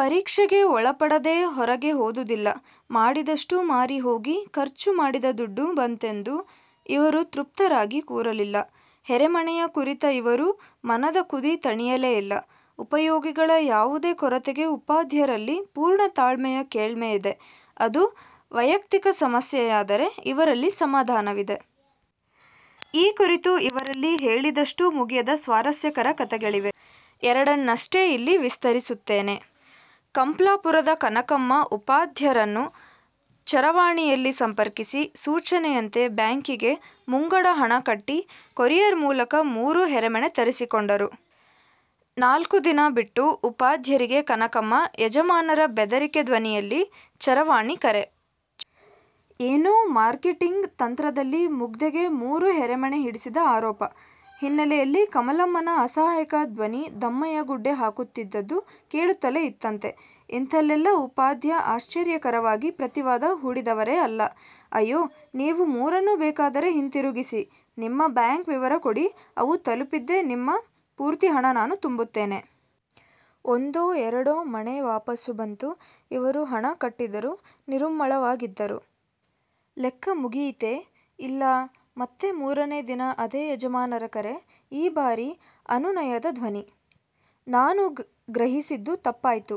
ಪರೀಕ್ಷೆಗೆ ಒಳಪಡದೇ ಹೊರಗೆ ಹೋದುದಿಲ್ಲ. ಮಾಡಿದಷ್ಟೂ ಮಾರಿ ಹೋಗಿ, ಖರ್ಚು ಮಾಡಿದ ದುಡ್ಡು ಬಂತೆಂದು ಇವರು ತೃಪ್ತರಾಗಿ ಕೂರಲಿಲ್ಲ. ಹೆರೆಮಣೆಯ ಕುರಿತ ಇವರ ಮನದ ಕುದಿ ತಣಿಯಲೇ ಇಲ್ಲ. ಉಪಯೋಗಿಗಳ ಯಾವುದೇ ಕೊರತೆಗೆ ಉಪಾಧ್ಯರಲ್ಲಿ ಪೂರ್ಣ ತಾಳ್ಮೆಯ ಕೇಳ್ಮೆ ಇದೆ. ಅದು ವೈಯಕ್ತಿಕ ಸಮಸ್ಯೆಯಾದರೆ ಇವರಲ್ಲಿ ಸಮಾಧಾನವಿದೆ. ಈ ಕುರಿತು ಇವರಲ್ಲಿ ಹೇಳಿದಷ್ಟೂ ಮುಗಿಯದ ಸ್ವಾರಸ್ಯಕರ ಕತೆಗಳಿವೆ. ಎರಡನ್ನಷ್ಟೇ ಇಲ್ಲಿ ವಿಸ್ತರಿಸುತ್ತೇನೆ. ಕಂಪ್ಲಾಪುರದ ಕನಕಮ್ಮ ಉಪಾಧ್ಯರನ್ನು ಚರವಾಣಿಯಲ್ಲಿ ಸಂಪರ್ಕಿಸಿ, ಸೂಚನೆಯಂತೆ ಬ್ಯಾಂಕಿಗೆ ಮುಂಗಡ ಹಣ ಕಟ್ಟಿ, ಕೊರಿಯರ್ ಮೂಲಕ ಮೂರು ಹೆರೆಮಣೆ ತರಿಸಿಕೊಂಡರು. ನಾಲ್ಕು ದಿನ ಬಿಟ್ಟು ಉಪಾಧ್ಯರಿಗೆ ಕನಕಮ್ಮನ ಯಜಮಾನರ ಬೆದರಿಕೆ ಧ್ವನಿಯಲ್ಲಿ ಚರವಾಣಿ ಕರೆ. ಏನೋ ಮಾರ್ಕೆಟಿಂಗ್ ತಂತ್ರದಲ್ಲಿ ಮುಗ್ದೆಗೆ ಮೂರು ಹೆರೆಮಣೆ ಹಿಡಿಸಿದ ಆರೋಪ. ಹಿನ್ನೆಲೆಯಲ್ಲಿ ಕಮಲಮ್ಮನ ಅಸಹಾಯಕ ಧ್ವನಿ ದಮ್ಮಯ್ಯಗುಡ್ಡೆ ಹಾಕುತ್ತಿದ್ದದ್ದು ಕೇಳುತ್ತಲೇ ಇತ್ತಂತೆ. ಇಂಥಲ್ಲೆಲ್ಲ ಉಪಾಧ್ಯ ಆಶ್ಚರ್ಯಕರವಾಗಿ ಪ್ರತಿವಾದ ಹೂಡಿದವರೇ ಅಲ್ಲ. "ಅಯ್ಯೋ ನೀವು ಮೂರನ್ನೂ ಬೇಕಾದರೆ ಹಿಂದಿರುಗಿಸಿ. ನಿಮ್ಮ ಬ್ಯಾಂಕ್ ವಿವರ ಕೊಡಿ, ಅವು ತಲಪಿದ್ದೇ ನಿಮ್ಮ ಪೂರ್ತಿ ಹಣ ನಾನು ತುಂಬುತ್ತೇನೆ. " ಒಂದೋ ಎರಡೋ ಮಣೆ ವಾಪಾಸು ಬಂತು, ಇವರು ಹಣ ಕಟ್ಟಿದರು, ನಿರುಮ್ಮಳವಾಗಿದ್ದರು. ಲೆಕ್ಕ ಮುಗಿಯಿತೇ? ಇಲ್ಲ, ಮತ್ತೆ ಮೂರನೇ ದಿನ ಅದೇ ಯಜಮಾನರ ಕರೆ, ಈ ಬಾರಿ ಅನುನಯದ ಧ್ವನಿ. "ನಾನು ಗ್ರಹಿಸಿದ್ದು ತಪ್ಪಾಯ್ತು.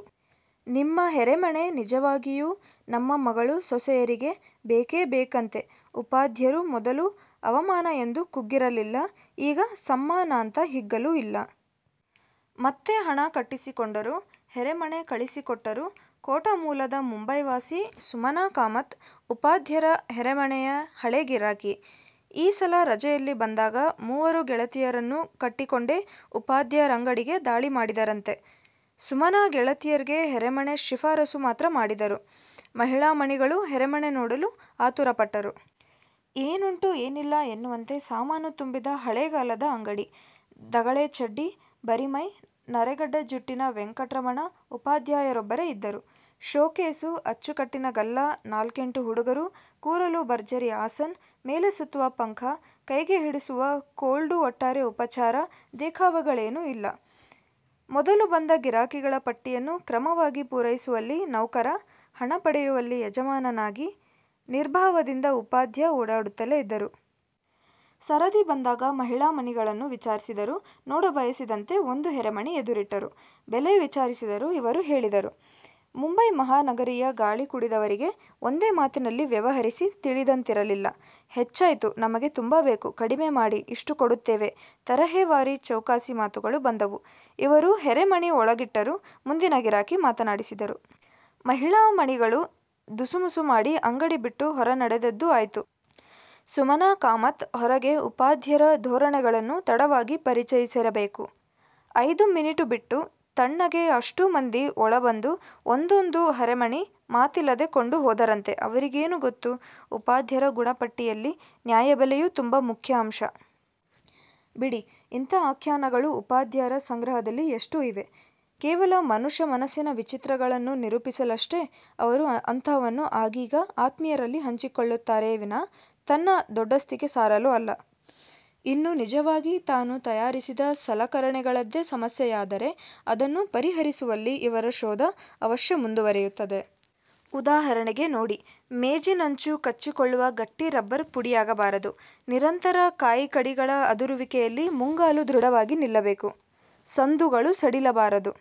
ನಿಮ್ಮ ಹೆರೆಮಣೆ ನಿಜವಾಗಿಯೂ ನಮ್ಮ ಮಗಳು, ಸೊಸೆಯರಿಗೆ ಬೇಕೇ ಬೇಕಂತೆ" ಉಪಾಧ್ಯರು ಮೊದಲು ಅವಮಾನ ಎಂದು ಕುಗ್ಗಿರಲಿಲ್ಲ, ಈಗ ಸಮ್ಮಾನಾಂತ ಹಿಗ್ಗಲೂ ಇಲ್ಲ. ಮತ್ತೆ ಹಣ ಕಟ್ಟಿಸಿಕೊಂಡರು, ಹೆರೆಮಣೆ ಕಳಿಸಿಕೊಟ್ಟರು! ಕೋಟ ಮೂಲದ ಮುಂಬೈವಾಸಿ ಸುಮನಾ ಕಾಮತ್ ಉಪಾಧ್ಯರ ಹೆರೆಮಣೆಯ ಹಳೇ ಗಿರಾಕಿ. ಈ ಸಲ ರಜೆಯಲ್ಲಿ ಬಂದಾಗ ಮೂವರು ಗೆಳತಿಯರನ್ನು ಕಟ್ಟಿಕೊಂಡೇ ಉಪಾಧ್ಯರಂಗಡಿಗೆ ದಾಳಿ ಮಾಡಿದರಂತೆ. ಸುಮನಾ ಗೆಳತಿಯರಿಗೆ ಹೆರೆಮಣೆ ಶಿಫಾರಸು ಮಾತ್ರ ಮಾಡಿದರು. ಮಹಿಳಾಮಣಿಗಳು ಹೆರೆಮಣೆ ನೋಡಲು ಆತುರಪಟ್ಟರು. ಏನುಂಟು ಏನಿಲ್ಲ ಎನ್ನುವಂತೆ ಸಾಮಾನು ತುಂಬಿದ ಹಳೆಗಾಲದ ಅಂಗಡಿ. ದಗಳೆ ಚಡ್ಡಿ, ಬರಿಮೈ, ನರೆಗಡ್ಡ ಜುಟ್ಟಿನ ವೆಂಕಟ್ರಮಣ ಉಪಾಧ್ಯರೊಬ್ಬರೇ ಇದ್ದರು. ಶೋಕೇಸು, ಅಚ್ಚುಕಟ್ಟಿನ ಗಲ್ಲಾ, ನಾಲ್ಕೆಂಟು ಹುಡುಗರು, ಕೂರಲು ಭರ್ಜರಿ ಆಸನ್, ಮೇಲೆ ಸುತ್ತುವ ಪಂಖ, ಕೈಗೆ ಹಿಡಿಸುವ ಕೋಲ್ಡೂಒಟ್ಟಾರೆ ಉಪಚಾರ, ದೆಖಾವೆಗಳೇನೂ ಇಲ್ಲ. ಮೊದಲು ಬಂದ ಗಿರಾಕಿಗಳ ಪಟ್ಟಿಯನ್ನು ಕ್ರಮವಾಗಿ ಪೂರೈಸುವಲ್ಲಿ ನೌಕರ, ಹಣ ಪಡೆಯುವಲ್ಲಿ ಯಜಮಾನನಾಗಿ ನಿರ್ಭಾವದಿಂದ ಉಪಾಧ್ಯ ಓಡಾಡುತ್ತಲೇ ಇದ್ದರು. ಸರದಿ ಬಂದಾಗ ಮಹಿಳಾಮಣಿಗಳನ್ನು ವಿಚಾರಿಸಿದರು, ನೋಡಬಯಸಿದಂತೆ ಒಂದು ಹೆರೆಮಣೆ ಎದುರಿಟ್ಟರು. ಬೆಲೆ ವಿಚಾರಿಸಿದರು, ಇವರು ಹೇಳಿದರು. ಮುಂಬೈ ಮಹಾನಗರಿಯ ಗಾಳಿ ಕುಡಿದವರಿಗೆ ಒಂದೇ ಮಾತಿನಲ್ಲಿ ವ್ಯವಹರಿಸಿ ತಿಳಿದಂತಿರಲಿಲ್ಲ. "ಹೆಚ್ಚಾಯ್ತು, ನಮಗೆ ತುಂಬಾ ಬೇಕು, ಕಡಿಮೆ ಮಾಡಿ, ಇಷ್ಟು ಕೊಡ್ತೇವೆ" ತರಹೇವಾರಿ ಚೌಕಾಸಿ ಮಾತುಗಳು ಬಂದವು. ಇವರು ಹೆರೆಮಣೆ ಒಳಗಿಟ್ಟರು, ಮುಂದಿನ ಗಿರಾಕಿ ಮಾತಾಡಿಸಿದರು. ಮಹಿಳಾಮಣಿಗಳು ದುಸುಮುಸು ಮಾಡಿ, ಅಂಗಡಿ ಬಿಟ್ಟು ಹೊರ ನಡೆದದ್ದೂ ಆಯ್ತು. ಸುಮನಾ ಕಾಮತ್ ಹೊರಗೆ ಉಪಾಧ್ಯರ ಧೋರಣೆಗಳನ್ನು ತಡವಾಗಿ ಪರಿಚಯಿಸಿರಬೇಕು. ಐದು ಮಿನಿಟು ಬಿಟ್ಟು, ತಣ್ಣಗೆ ಅಷ್ಟೂ ಮಂದಿ ಒಳ ಬಂದು ಒಂದೊಂದು ಹೆರೆಮಣೆ ಮಾತಿಲ್ಲದೆ ಕೊಂಡು ಹೋದರಂತೆ! ಅವರಿಗೇನು ಗೊತ್ತು, ಉಪಾಧ್ಯರ ಗುಣಪಟ್ಟಿಯಲ್ಲಿ ನ್ಯಾಯಬೆಲೆಯೂ ತುಂಬ ಮುಖ್ಯ ಅಂಶ. ಬಿಡಿ, ಇಂಥ ಆಖ್ಯಾನಗಳು ಉಪಾಧ್ಯರ ಸಂಗ್ರಹದಲ್ಲಿ ಎಷ್ಟೂ ಇವೆ. ಕೇವಲ ಮನುಷ್ಯ ಮನಸ್ಸಿನ ವಿಚಿತ್ರಗಳನ್ನು ನಿರೂಪಿಸಲಷ್ಟೇ ಅವರು ಅಂಥವನ್ನು ಆಗೀಗ ಆತ್ಮೀಯರಲ್ಲಿ ಹಂಚಿಕೊಳ್ಳುತ್ತಾರೆಯೇ ವಿನಾ ತನ್ನ ದೊಡ್ಡಸ್ತಿಕೆ ಸಾರಲು ಅಲ್ಲ. ಇನ್ನು ನಿಜವಾಗಿ ತಾನು ತಯಾರಿಸಿದ ಸಲಕರಣೆಗಳದ್ದೇ ಸಮಸ್ಯೆಯಾದರೆ ಅದನ್ನು ಪರಿಹರಿಸುವಲ್ಲಿ ಇವರ ಶೋಧ ಅವಶ್ಯ ಮುಂದುವರಿಯುತ್ತದೆ. ಉದಾಹರಣೆಗೆ ನೋಡಿ ಮೇಜಿನಂಚು ಕಚ್ಚಿಕೊಳ್ಳುವ ಗಟ್ಟಿ ರಬ್ಬರ್ ಪುಡಿಯಾಗಬಾರದು. ನಿರಂತರ ಕಾಯಿಕಡಿಗಳ ಅದುರುವಿಕೆಯಲ್ಲಿ ಮುಂಗಾಲು ದೃಢವಾಗಿ ನಿಲ್ಲಬೇಕು. ಸಂದುಗಳು ಸಡಿಲಬಾರದು.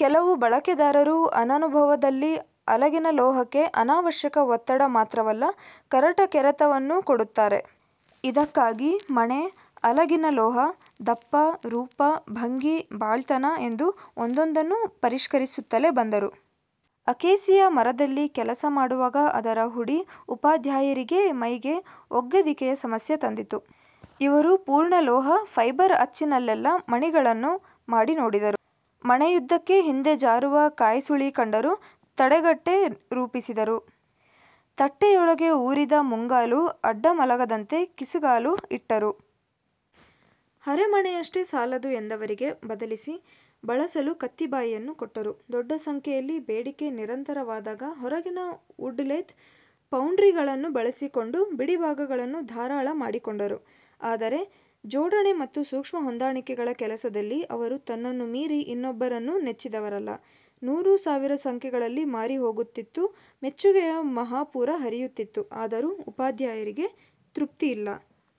ಕೆಲವು ಬಳಕೆದಾರರು ಅನನುಭವದಲ್ಲಿ ಅಲಗಿನ ಲೋಹಕ್ಕೆ ಅನಾವಶ್ಯಕ ಒತ್ತಡ ಮಾತ್ರವಲ್ಲ, ಕರಟ ಕೆರೆತವನ್ನೂ ಕೊಡುತ್ತಾರೆ. ಇದಕ್ಕಾಗಿ ಮಣೆ, ಅಲಗಿನ ಲೋಹ, ದಪ್ಪ, ರೂಪ, ಭಂಗಿ, ಬಾಳ್ತನ ಎಂದು ಒಂದೊಂದನ್ನೂ ಪರಿಷ್ಕರಿಸುತ್ತಲೇ ಬಂದರು. ಅಕೇಸಿಯಾ ಮರದಲ್ಲಿ ಕೆಲಸ ಮಾಡುವಾಗ ಅದರ ಹುಡಿ ಉಪಾಧ್ಯರಿಗೇ ಮೈಗೆ ಒಗ್ಗದಿಕೆಯ ಸಮಸ್ಯೆ ತಂದಿತು. ಇವರು ಪೂರ್ಣ ಲೋಹ, ಫೈಬರ್ ಅಚ್ಚಿನಲ್ಲೆಲ್ಲ ಮಣೆಗಳನ್ನು ಮಾಡಿ ನೋಡಿದರು. ಮಣೆಯುದ್ದಕ್ಕೆ ಹಿಂದೆ ಜಾರುವ ಕಾಯಿಸುಳಿ ಕಂಡರು, ತಡೆಗಟ್ಟೆ ರೂಪಿಸಿದರು. ತಟ್ಟೆಯೊಳಗೇ ಊರಿದ ಮುಂಗಾಲು ಅಡ್ಡ ಮಲಗದಂತೆ ಕಿಸಗಾಲು ಇಟ್ಟರು. ಹೆರಮಣೆಯಷ್ಟೇ ಸಾಲದು ಎಂದವರಿಗೆ, ಬದಲಿಸಿ ಬಳಸಲು ಕತ್ತಿಬಾಯಿಯನ್ನೂ ಕೊಟ್ಟರು. ದೊಡ್ಡ ಸಂಖ್ಯೆಯಲ್ಲಿ ಬೇಡಿಕೆ ನಿರಂತರವಾದಾಗ ಹೊರಗಿನ ಉಡ್ ಲೇತ್, ಫೌಂಡ್ರಿಗಳನ್ನು ಬಳಸಿಕೊಂಡು ಬಿಡಿಭಾಗಗಳನ್ನು ಧಾರಾಳ ಮಾಡಿಕೊಂಡರು. ಆದರೆ ಜೋಡಣೆ ಮತ್ತು ಸೂಕ್ಷ್ಮ ಹೊಂದಾಣಿಕೆಗಳ ಕೆಲಸದಲ್ಲಿ ಅವರು ತನ್ನನ್ನು ಮೀರಿ ಇನ್ನೊಬ್ಬರನ್ನು ನೆಚ್ಚಿದವರಲ್ಲ. ನೂರು ಸಾವಿರ ಸಂಖ್ಯೆಗಳಲ್ಲಿ ಮಾರಿಹೋಗುತ್ತಿತ್ತು, ಮೆಚ್ಚುಗೆಯ ಮಹಾಪೂರ ಹರಿಯುತ್ತಿತ್ತು. ಆದರೂ ಉಪಾಧ್ಯರಿಗೆ ತೃಪ್ತಿಯಿಲ್ಲ.